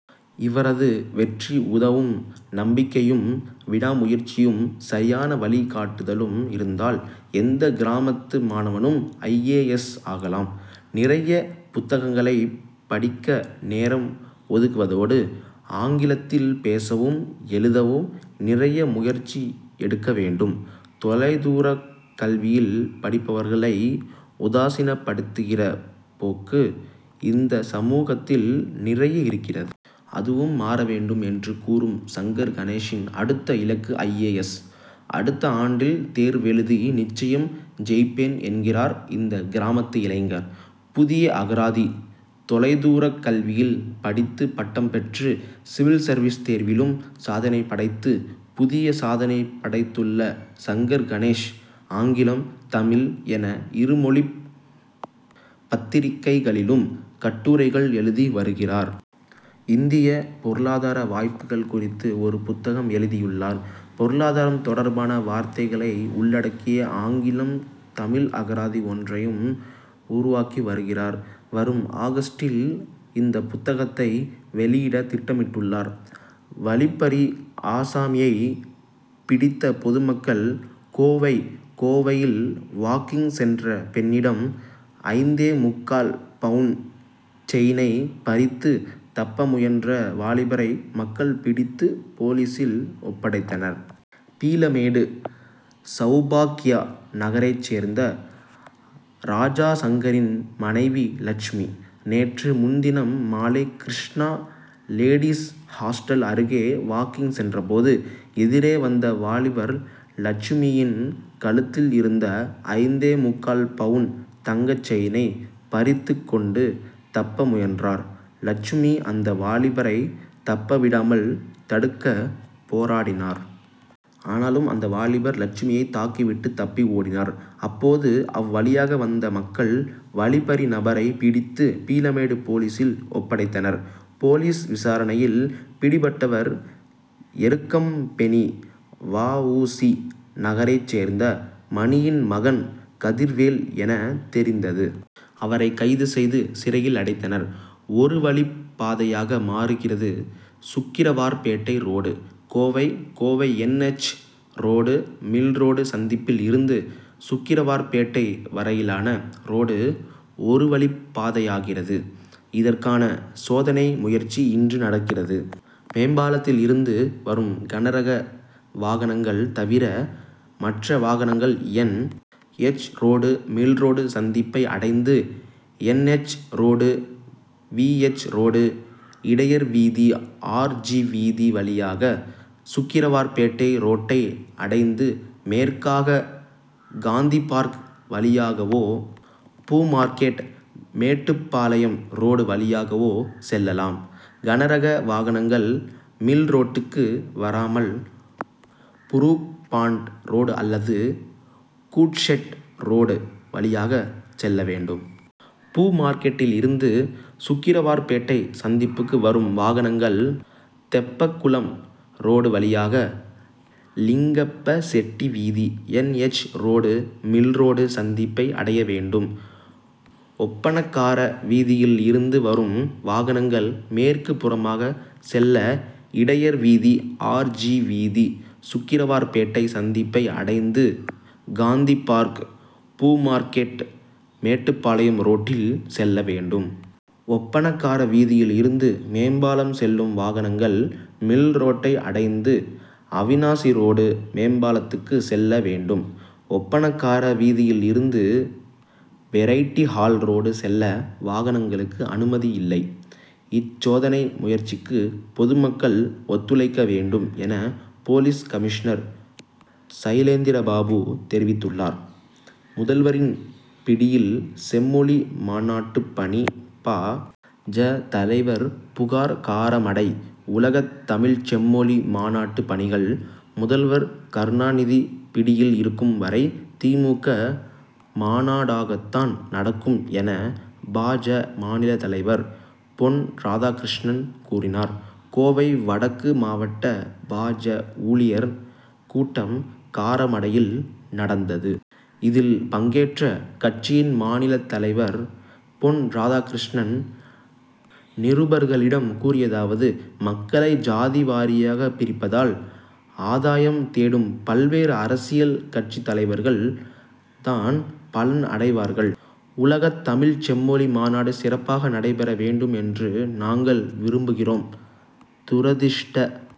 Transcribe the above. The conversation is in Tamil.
இவரது வெற்றி உதவும். நம்பிக்கையும், விடாமுயற்சியும், சரியான வழி காட்டுதலும் இருந்தால், எந்த கிராமத்து மாணவனும் ஐ. ஏ. எஸ்., ஆகலாம். நிறைய புத்தகங்களைப் படிக்க நேரம் ஒதுக்குவதோடு, ஆங்கிலத் தில் பேசவும், எழுதவும் நிறைய முயற்சி எடுக்க வேண்டும். தொலை தூரக்கல்வியில் படிப்பவர்களை, உதாசினப்படுத்துகிற போக்கு, இந்த சமூகத்தில் நிறைய இருக்கிறது. அதுவும் மாற வேண் டும்,'' என்று கூறும் சங்கர் கணேஷின் அடுத்த இலக்கு ஐ. ஏ. எஸ்., அடுத்த ஆண்டில் தேர்வெழுதி, நிச்சயம் ஜெயிப்பேன் என்கிறார் இந்த கிராமத்து இளைஞர். புதிய அகராதி! தொலைதூரக் கல்வியில் படித்து பட்டம் பெற்று, சிவில் சர்வீஸ் தேர்விலும் சாதனை படைத்து, புதிய சாதனை படைத்துள்ள சங்கர் கணேஷ், ஆங்கிலம், தமிழ் என இரு மொழிப் பத்திரிக்கைகளிலும் கட்டுரைகள் எழுதி வருகிறார். இந்திய பொருளாதார வாய்ப்புகள் குறித்து ஒரு புத்தகம் எழுதியுள்ளார். பொருளாதாரம் தொடர்பான வார்த்தைகளை உள்ளடக்கிய ஆங்கிலம் தமிழ் அகராதி ஒன்றையும் உருவாக்கி வருகிறார். வரும் ஆகஸ்ட்டில் இந்த புத்தகத்தை வெளியிட திட்டமிட்டுள்ளார். வழிப்பறி ஆசாமியை பிடித்த பொதுமக்கள் கோவை கோவையில் வாக் கிங்' சென்ற பெண்ணிடம், ஐந்தே முக்கால் பவுன் செயினை பறித்து, தப்ப முயன்ற வாலிபரை மக்கள் பிடித்து, போலீசில் ஒப்படைத்தனர். பீளமேடு, சவுபாக் கியா நகரைச் சேர்ந்த ராஜாசங்கரின் மனைவி லட்சுமி. நேற்று முன்தினம் மாலை கிருஷ்ணா லேடீஸ் ஹாஸ்டல் அருகே வாக்கிங் சென்றபோது, எதிரே வந்த வாலிபர், லட்சுமியின் கழுத்தில் இருந்த ஐந்தே முக்கால் பவுன் தங்கச் செயினை பறித்துக் கொண்டு தப்ப முயன்றார். லட்சுமி அந்த வாலிபரை தப்பவிடாமல் தடுக்க போராடினார். ஆனாலும் அந்த வாலிபர் லட்சுமியை தாக்கி விட்டு தப்பி ஓடினார். அப்போது அவ்வழியாக வந்த மக்கள் வழி பறி நபரை பிடித்து, பீளமேடு போலீசில் ஒப்படைத்தனர். போலீஸ் விசாரணையில், பிடிபட்டவர் எருக்கம்பெனி, வ. உ. சி., நகரைச் சேர்ந்த மணியின் மகன் கதிர்வேல் என தெரிந்தது. அவரை கைது செய்து சிறையில் அடைத்தனர். ஒருவழிப்பாதையாக மாறுகிறது Sukrawarpet road Kovai Kovai N. H. Road mill road சந்திப்பில் இருந்து சுக்கிரவார்பேட்டை வரையிலான ரோடு ஒருவழிப்பாதையாகிறது. இதற்கான சோதனை முயற்சி இன்று நடக்கிறது. மேம்பாலத்தில் இருந்து வரும் கனரக வாகனங்கள் தவிர, மற்ற வாகனங்கள் N. H. Road mill road சந்திப்பை அடைந்து, N. H. Road, V. H. Road, இடையர் வீதி, ஆர். ஜி. வீதி வழியாக சுக்கிரவார்பேட்டை ரோட்டை அடைந்து மேற்காக காந்திபார்க் வழியாகவோ, பூ மார்க்கெட், மேட்டுப்பாளையம் ரோடு வழியாகவோ செல்லலாம். கனரக வாகனங்கள் மில் ரோட்டுக்கு வராமல் புரூக்பாண்ட் ரோடு அல்லது கூட்ஷெட் ரோடு வழியாக செல்ல வேண்டும். பூமார்க்கெட்டில் இருந்து சுக்கிரவார்பேட்டை சந்திப்புக்கு வரும் வாகனங்கள் தெப்பக்குளம் ரோடு வழியாக லிங்கப்பசெட்டிவீதி, N. H. Road mill road சந்திப்பை அடைய வேண்டும். ஒப்பணக்காரவீதியில் இருந்து வரும் வாகனங்கள் மேற்கு புறமாக செல்ல இடையர்வீதி, ஆர். ஜி. வீதி, சுக்கிரவார்பேட்டை சந்திப்பை அடைந்து காந்திப்பார்க், பூமார்க்கெட், மேட்டுப்பாளையம் ரோட்டில் செல்ல வேண்டும். ஒப்பணக்கார வீதியில் இருந்து மேம்பாலம் செல்லும் வாகனங்கள் மில்ரோட்டை அடைந்து, அவிநாசி ரோடு மேம்பாலத்துக்கு செல்ல வேண்டும். ஒப்பணக்கார வீதியில் இருந்து வெரைட்டிஹால் ரோடு செல்ல வாகனங்களுக்கு அனுமதி இல்லை. இச்சோதனை முயற்சிக்கு பொதுமக்கள் ஒத்துழைக்க வேண்டும், என போலீஸ் கமிஷனர் சைலேந்திரபாபு தெரிவித்துள்ளார். முதல்வரின் பிடியில் செம்மொழி மாநாட்டுப்பணி பா. ஜ., தலைவர் புகார் காரமடை உலகத் தமிழ்ச் செம்மொழி மாநாட்டு பணிகள், முதல்வர் கருணாநிதி பிடியில் இருக்கும் வரை தி. மு. க., மாநாடாகத்தான் நடக்கும்,'' என பா. ஜ., மாநில தலைவர் பொன் ராதாகிருஷ்ணன் கூறினார். கோவை வடக்கு மாவட்ட பா. ஜ., ஊழியர் கூட்டம் காரமடையில் நடந் தது. இதில், பங்கேற்ற கட்சியின் மாநிலத் தலைவர் பொன் ராதாகிருஷ் ணன், நிருபர்களிடம் கூறியதாவது: மக்களை ஜாதி வாரியாக பிரிப்பதால் ஆதாயம் தேடும் பல்வேறு அரசியல் கட்சித் தலைவர்கள் தான் பலன் அடைவார்கள். உலகத் தமிழ்ச் செம்மொழி மாநாடு சிறப்பாக நடைபெற வேண்டும் என்று நாங்கள் விரும்புகிறோம். துரதிஷ்ட